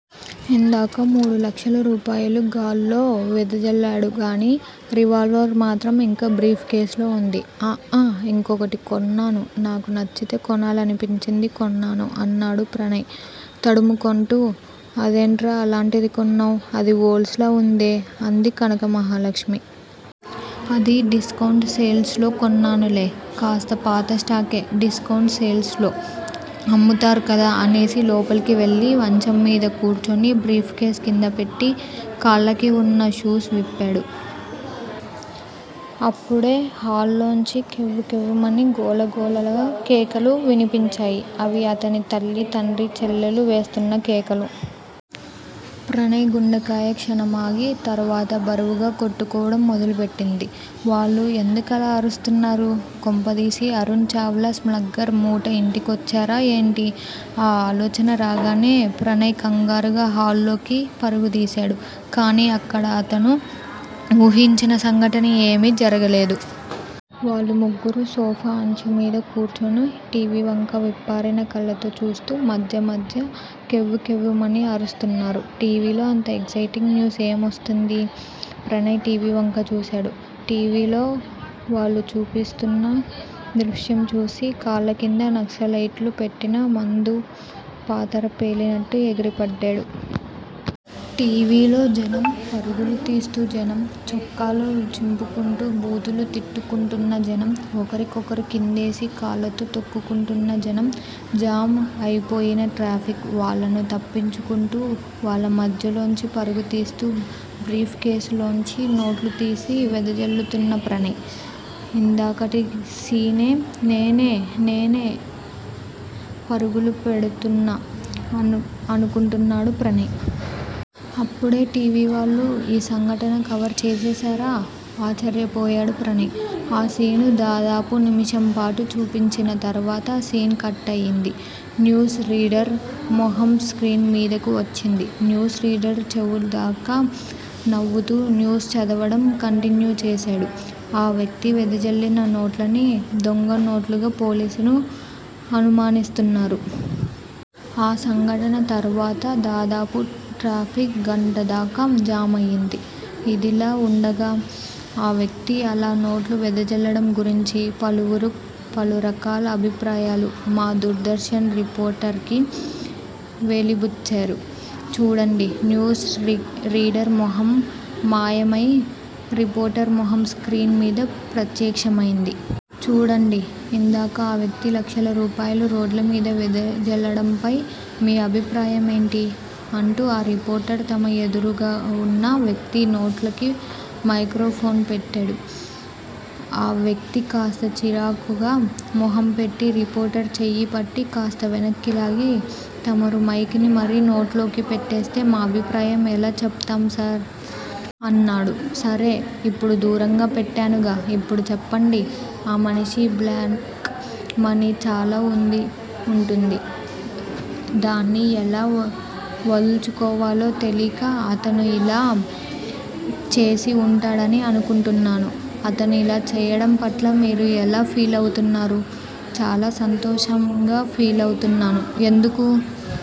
ఇందాక మూడు లక్షల రూపాయలూ గాల్లో వెదజల్లాడుగానీ, రివాల్వర్ మాత్రం ఇంకా బ్రీఫ్ కేసు లో వుంది. అ ఆ ఇంకోటి కొన్నాను. నాకు నచ్చితే కొనాలనిపించింది. కొన్నాను అన్నాడు ప్రణయ్ తడుముకొంటూ. అదేంట్రా అలాంటిది కొన్నావ్. అది ఓల్డ్స్ లా వుందే! అంది కనకమహాలక్ష్మి. అది డిస్కౌంట్ సేల్స్ లో కొన్నానులే. కాస్త పాతస్టాకే డిస్కౌంట్ సేల్స్ లో అమ్ముతారుకదా అనేసి లోపలికి వెళ్ళి మంచం మీద కూర్చుని బ్రీఫ్ కేసు కిందపెట్టి, కాళ్ళకి వున్న షూస్ విప్పాడు. అప్పుడే హాల్లోంచి 'కెవ్వు కెవ్వు'మని గోలగోలల కేకలు వినిపించాయి. అవి అతని తల్లి, తండ్రి, చెల్లెలు వేస్తున్న కేకలు. ప్రణయ్ గుండెకాయ క్షణం ఆగి తర్వాత బరువుగా కొట్టుకోవడం మొదలుపెట్టింది. వాళ్ళు ఎందుకలా అరుస్తున్నారు? కొంపదీసి అరుణ్ చావ్లా స్లగ్మ్ ర్ మూఠా ఇంటికొచ్చారా ఏంటి? ఆ ఆలోచన రాగానే ప్రణయ్ కంగారుగా హాల్లోకి పరుగుతీశాడు. కానీ అక్కడా అతను వూహించిన సంఘటన ఏమీ జరగలేదు. వాళ్ళు ముగ్గురూ సోఫా అంచుమీద కూర్చుని టీవీవంక విప్పారిన కళ్ళతో చూస్తూ మధ్య మధ్య కెవ్వు కెవ్వుమని అరుస్తున్నారు. టీవీలో అంత ఎక్సయిటింగ్ న్యూస్ ఏం వస్తుంది? ప్రణయ్ టీవీవంక చూశాడు. టీవీలో వాళ్ళు చూపిస్తున్న దృశ్యం చూసి కాళ్ళకింద నక్సలైట్లు పెట్టిన మందుపాతర పేలినట్టు ఎగిరిపడ్డాడు. టి. వి. లో జనం! పరుగులు తీస్తు జనం!! చొక్కాలు చింపుకుంటూ బూతులు తిట్టుకుంటున్న జనం!! ఒకరికొకరు కిందేసి కాళ్ళతో తొక్కుకుంటున్న జనం జామ్ అయిపోయిన ట్రాఫిక్. వాళ్ళను తప్పించుకుంటూ, వాళ్ళ మధ్యలోంచి పరుగుతీస్తూ బ్రీఫ్ కేసులోంచి నోట్లుతీసి వెదజల్లుతున్న ప్రణయ్!! ఇందాకటి సీనే నేనే నేనే పరుగులు పెడుతున్నా అనుఅనుకుంటున్నాడు ప్రణయ్. అప్పుడే టీవీ వాళ్ళు ఈ సంఘటన కవర్ చేసేశారా? ఆశ్చర్యపోయాడు ప్రణయ్. ఆ శీను దాదాపు నిమిషంపాటు చూపించిన తరువాత సీన్ కట్ అయ్యింది. న్యూస్ రీడర్ మొహం స్క్రీన్ మీదకు వచ్చింది. న్యూస్ రీడర్ చెవుల్దాకా నవ్వుతూ న్యూస్ చదవడం కంటిన్యూ చేశాడు. ఆ వ్యక్తి వెదజల్లిన నోట్లని దొంగ నోట్లుగా పోలీసును అనుమానిస్తున్నారు. ఆ సంఘటన తర్వాత దాదాపు ట్రాఫిక్ గంటదాకా జామ్ అయ్యింది. ఇదిలా వుండగా ఆ వ్యక్తి అలా నోట్లు వెదజల్లడం గురించి పలువురు పలురకాల అభిప్రాయాలు మా దూరదర్శన్ రిపోర్టర్ కి వెలిబుచ్చారు చూడండి. న్యూస్ రీడర్ మొహం మాయమై రిపోర్టర్ మొహం స్క్రీన్ మీద ప్రత్యక్షమైంది. చూడండీ ఇందాక ఆ వ్యక్తి లక్షల రూపాయలు రోడ్లమీద వెదజల్లడంపై మీ అభిప్రాయం ఏంటి? అంటూ ఆ రిపోర్టర్ తమ ఎదురుగావున్న వ్యక్తి నోట్లోకి మైక్రోఫోన్ పెట్టాడు. ఆ వ్యక్తి కాస్త చిరాకుగా మొహంపెట్టి రిపోర్టర్ చెయ్యిపట్టి కాస్త వెనక్కిలాగి తమరు మైక్ ని మరీ నోట్లోకి పెట్టేస్తే మా అభిప్రాయం ఎలా చెప్తాంసార్? అన్నాడు. సరే! ఇప్పుడు దూరంగా పెట్టానుగా? ఇప్పుడు చెప్పండి. ఆ మనిషి బ్లాక్ మనీ చాలా వుండి వుంటుంది. దాన్ని ఎలా వవల్చుకోవాలో తెలీయక అతను యిలా చేసి వుంటాడని అనుకుంటున్నాను. అతను ఇలా చెయ్యడంపట్ల మీరు ఎలా ఫీలవుతున్నారు? చాలా సంతోషంగా ఫీలవుతున్నాను. ఎందుకు?